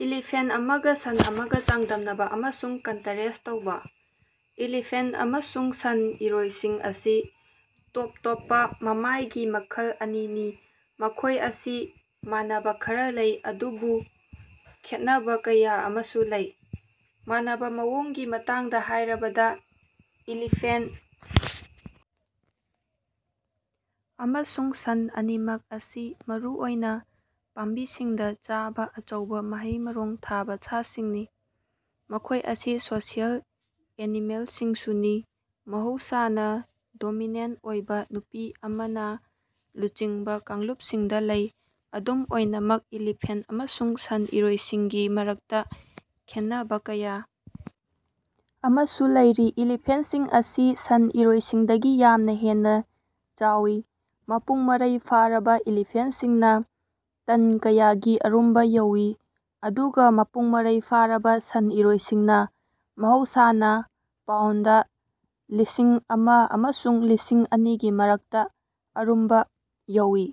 Elephant ꯑꯃꯒꯥ ꯁꯟ ꯑꯃꯒꯥ ꯆꯥꯡꯗꯝꯅꯕꯥ ꯑꯃꯁꯨꯡ ꯀꯟꯇꯔꯦꯁ꯭ꯠ ꯇꯧꯕꯥ꯫ ꯏꯂꯤꯐꯦꯟꯠ ꯑꯃꯁꯨꯡ ꯁꯟ ꯏꯔꯣꯏꯁꯤꯡ ꯑꯁꯤ ꯇꯣꯞ ꯇꯣꯞꯄꯥ ꯃꯃꯥꯏꯒꯤ ꯃꯈꯜ ꯑꯅꯤꯅꯤ ꯃꯈꯣꯏ ꯑꯁꯤ ꯃꯥꯟꯅꯕꯥ ꯈꯔꯥ ꯂꯩ ꯑꯗꯨꯕꯨ ꯈꯦꯠꯅꯕꯥ ꯀꯌꯥ ꯑꯃꯁꯨ ꯂꯩ꯫ ꯃꯥꯟꯅꯕꯥ ꯃꯑꯣꯡꯒꯤ ꯃꯇꯥꯡꯗꯥ ꯍꯥꯏꯔꯕꯗꯥ ꯏꯂꯤꯐꯦꯟꯠ ꯑꯃꯁꯨꯡ ꯁꯟ ꯑꯅꯤꯃꯛ ꯑꯁꯤ ꯃꯔꯨꯑꯣꯏꯅꯥ ꯄꯥꯝꯕꯤꯁꯤꯡꯗꯥ ꯆꯥꯕꯥ ꯑꯆꯧꯕꯥ ꯃꯍꯩ ꯃꯔꯣꯡ ꯊꯥꯕꯥ ꯁꯥꯁꯤꯡꯅꯤ꯫ ꯃꯈꯣꯏ ꯑꯁꯤ ꯁꯣꯁꯤꯑꯦꯜ ꯑꯦꯅꯤꯃꯦꯜꯁꯤꯡꯁꯨꯅꯤ ꯃꯍꯧꯁꯥꯅꯥ ꯗꯣꯃꯤꯅꯦꯟꯠ ꯑꯣꯏꯕꯥ ꯅꯨꯄꯤ ꯑꯃꯅꯥ ꯂꯨꯆꯤꯡꯕꯥ ꯀꯥꯡꯂꯨꯞꯁꯤꯡꯗꯥ ꯂꯩ꯫ ꯑꯗꯨꯝ ꯑꯣꯏꯅꯃꯛ ꯏꯂꯤꯐꯦꯟꯠ ꯑꯃꯁꯨꯡ ꯁꯟ ꯏꯔꯣꯏꯁꯤꯡꯒꯤ ꯃꯔꯛꯇꯥ ꯈꯦꯟꯅꯕꯥ ꯀꯌꯥ ꯑꯃꯁꯨ ꯂꯩꯔꯤ꯫ ꯏꯂꯤꯐꯦꯟꯠꯁꯤꯡ ꯑꯁꯤ ꯁꯟ ꯏꯔꯣꯏꯁꯤꯡꯗꯒꯤ ꯌꯥꯝꯅꯥ ꯍꯦꯟꯅꯥ ꯆꯥꯎꯏ ꯃꯄꯨꯡ ꯃꯔꯩ ꯐꯥꯔꯕꯥ ꯏꯂꯤꯐꯦꯟꯠꯁꯤꯡꯅꯥ ꯇꯟ ꯀꯌꯥꯒꯤ ꯑꯔꯨꯝꯕꯥ ꯌꯧꯏ ꯑꯗꯨꯒꯥ ꯃꯄꯨꯡ ꯃꯔꯩ ꯐꯥꯔꯕꯥ ꯁꯟ ꯏꯔꯣꯏꯁꯤꯡꯅꯥ ꯃꯍꯧꯁꯥꯅꯥ ꯄꯥꯎꯟꯗ ꯂꯤꯁꯤꯡ ꯑꯃ ꯑꯃꯁꯨꯡ ꯂꯤꯁꯤꯡ ꯑꯅꯤꯒꯤ ꯃꯔꯛꯇꯥ ꯑꯔꯨꯝꯕꯥ ꯌꯧꯏ꯫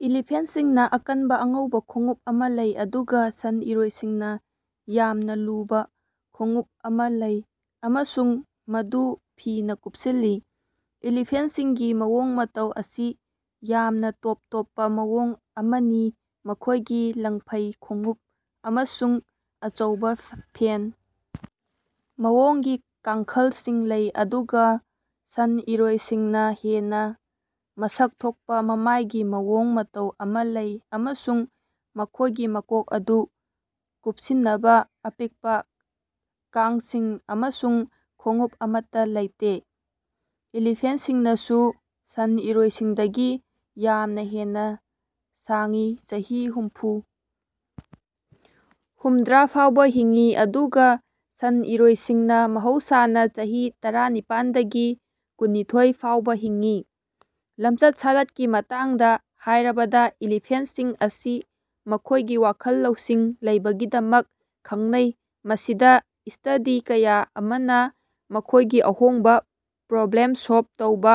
ꯏꯂꯤꯐꯦꯟꯠꯁꯤꯡꯅꯥ ꯑꯀꯟꯕꯥ ꯑꯉꯧꯕꯥ ꯈꯣꯡꯎꯞ ꯑꯃꯥ ꯂꯩ ꯑꯗꯨꯒꯥ ꯁꯟ ꯏꯔꯣꯏꯁꯤꯡꯅꯥ ꯌꯥꯝꯅꯥ ꯂꯨꯕꯥ ꯈꯣꯡꯎꯞ ꯑꯃꯥ ꯂꯩ ꯑꯃꯁꯨꯡ ꯃꯗꯨ ꯐꯤꯅꯥ ꯀꯨꯄꯁꯤꯜꯂꯤ꯫ ꯏꯂꯤꯐꯦꯟꯠꯁꯤꯡꯒꯤ ꯃꯑꯣꯡ ꯃꯇꯧ ꯑꯁꯤ ꯌꯥꯝꯅꯥ ꯇꯣꯞ ꯇꯣꯞꯄꯥ ꯃꯑꯣꯡ ꯑꯃꯅꯤ ꯃꯈꯣꯏꯒꯤ ꯂꯪꯐꯩ ꯈꯣꯡꯎꯞ ꯑꯃꯁꯨꯡ ꯑꯆꯧꯕꯥ ꯐꯦꯟ ꯃꯑꯣꯡꯒꯤ ꯀꯥꯡꯈꯜꯁꯤꯡ ꯂꯩ ꯑꯗꯨꯒꯥ ꯁꯟ ꯏꯔꯣꯏꯁꯤꯡꯅꯥ ꯍꯦꯟꯅꯥ ꯃꯁꯛ ꯊꯣꯛꯄꯥ ꯃꯃꯥꯏꯒꯤ ꯃꯑꯣꯡ ꯃꯇꯧ ꯑꯃꯥ ꯂꯩ ꯑꯃꯁꯨꯡ ꯃꯈꯣꯏꯒꯤ ꯃꯀꯣꯛ ꯑꯗꯨ ꯀꯨꯞꯁꯤꯅꯕꯥ ꯑꯄꯤꯛꯄꯥ ꯀꯥꯡꯁꯤꯡ ꯑꯃꯁꯨꯡ ꯈꯣꯡꯎꯞ ꯑꯃꯠꯇꯥ ꯂꯩꯇꯦ꯫ ꯏꯂꯤꯐꯦꯟꯠꯁꯤꯡꯅꯁꯨ ꯁꯟ ꯏꯔꯣꯏꯁꯤꯡꯗꯒꯤ ꯌꯥꯝꯅꯥ ꯍꯦꯟꯅꯥ ꯁꯥꯡꯏ ꯆꯍꯤ ꯍꯨꯝꯐꯨ ꯍꯨꯝꯗ꯭ꯔꯥ ꯐꯥꯎꯕꯥ ꯍꯤꯡꯏ ꯑꯗꯨꯒꯥ ꯁꯟ ꯏꯔꯣꯏꯁꯤꯡꯅꯥ ꯃꯍꯧꯁꯥꯅꯥ ꯆꯍꯤ ꯇꯔꯥꯅꯤꯄꯥꯟꯗꯒꯤ ꯀꯨꯟꯅꯤꯊꯣꯏ ꯐꯥꯎꯕꯥ ꯍꯤꯡꯏ꯫ ꯂꯝꯆꯠ ꯁꯥꯖꯠꯀꯤ ꯃꯇꯥꯡꯗꯥ ꯍꯥꯏꯔꯕꯗꯥ ꯏꯂꯤꯐꯦꯟꯠꯁꯤꯡ ꯑꯁꯤ ꯃꯈꯣꯏꯒꯤ ꯋꯥꯈꯜ ꯂꯧꯁꯤꯡ ꯂꯩꯕꯒꯤꯗꯃꯛ ꯈꯪꯅꯩ ꯃꯁꯤꯗꯥ ꯁ꯭ꯇꯗꯤ ꯀꯌꯥ ꯑꯃꯅꯥ ꯃꯈꯣꯏꯒꯤ ꯑꯍꯣꯡꯕꯥ ꯄ꯭ꯔꯣꯕ꯭ꯂꯦꯝ ꯁꯣꯜꯕ ꯇꯧꯕꯥ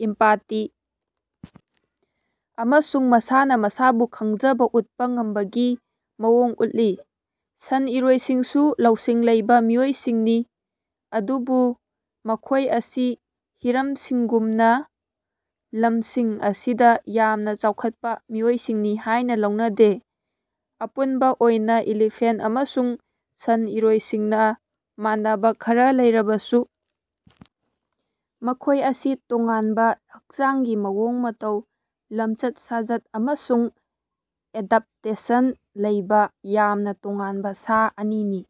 ꯏꯝꯄꯥꯇꯤ ꯑꯃꯁꯨꯡ ꯃꯁꯥꯅꯥ ꯃꯁꯥꯕꯨ ꯈꯪꯖꯕꯥ ꯎꯠꯄꯥ ꯉꯝꯕꯒꯤ ꯃꯑꯣꯡ ꯎꯠꯂꯤ꯫ ꯁꯟ ꯏꯔꯣꯏꯁꯤꯡꯁꯨ ꯂꯧꯁꯤꯡ ꯂꯩꯕꯥ ꯃꯤꯑꯣꯏꯁꯤꯡꯅꯤ ꯑꯗꯨꯕꯨ ꯃꯈꯣꯏ ꯑꯁꯤ ꯍꯤꯔꯝꯁꯤꯡꯒꯨꯝꯅꯥ ꯂꯝꯁꯤꯡ ꯑꯁꯤꯗꯥ ꯌꯥꯝꯅꯥ ꯆꯥꯎꯈꯠꯄꯥ ꯃꯤꯑꯣꯏꯁꯤꯡꯅꯤ ꯍꯥꯏꯅꯥ ꯂꯧꯅꯗꯦ꯫ ꯑꯄꯨꯟꯕꯥ ꯑꯣꯏꯅꯥ ꯏꯂꯤꯐꯦꯟꯠ ꯑꯃꯁꯨꯡ ꯁꯟ ꯏꯔꯣꯏꯁꯤꯡꯅꯥ ꯃꯥꯟꯅꯕꯥ ꯈꯔꯥ ꯂꯩꯔꯕꯁꯨ ꯃꯈꯣꯏ ꯑꯁꯤ ꯇꯣꯉꯥꯟꯕꯥ ꯍꯛꯆꯥꯡꯒꯤ ꯃꯑꯣꯡ ꯃꯇꯧ ꯂꯝꯆꯠ ꯁꯥꯖꯠ ꯑꯃꯁꯨꯡ ꯑꯦꯗꯞꯇꯦꯁꯟ ꯂꯩꯕꯥ ꯌꯥꯝꯅꯥ ꯇꯣꯉꯥꯟꯕꯥ ꯁꯥ ꯑꯅꯤꯅꯤ꯫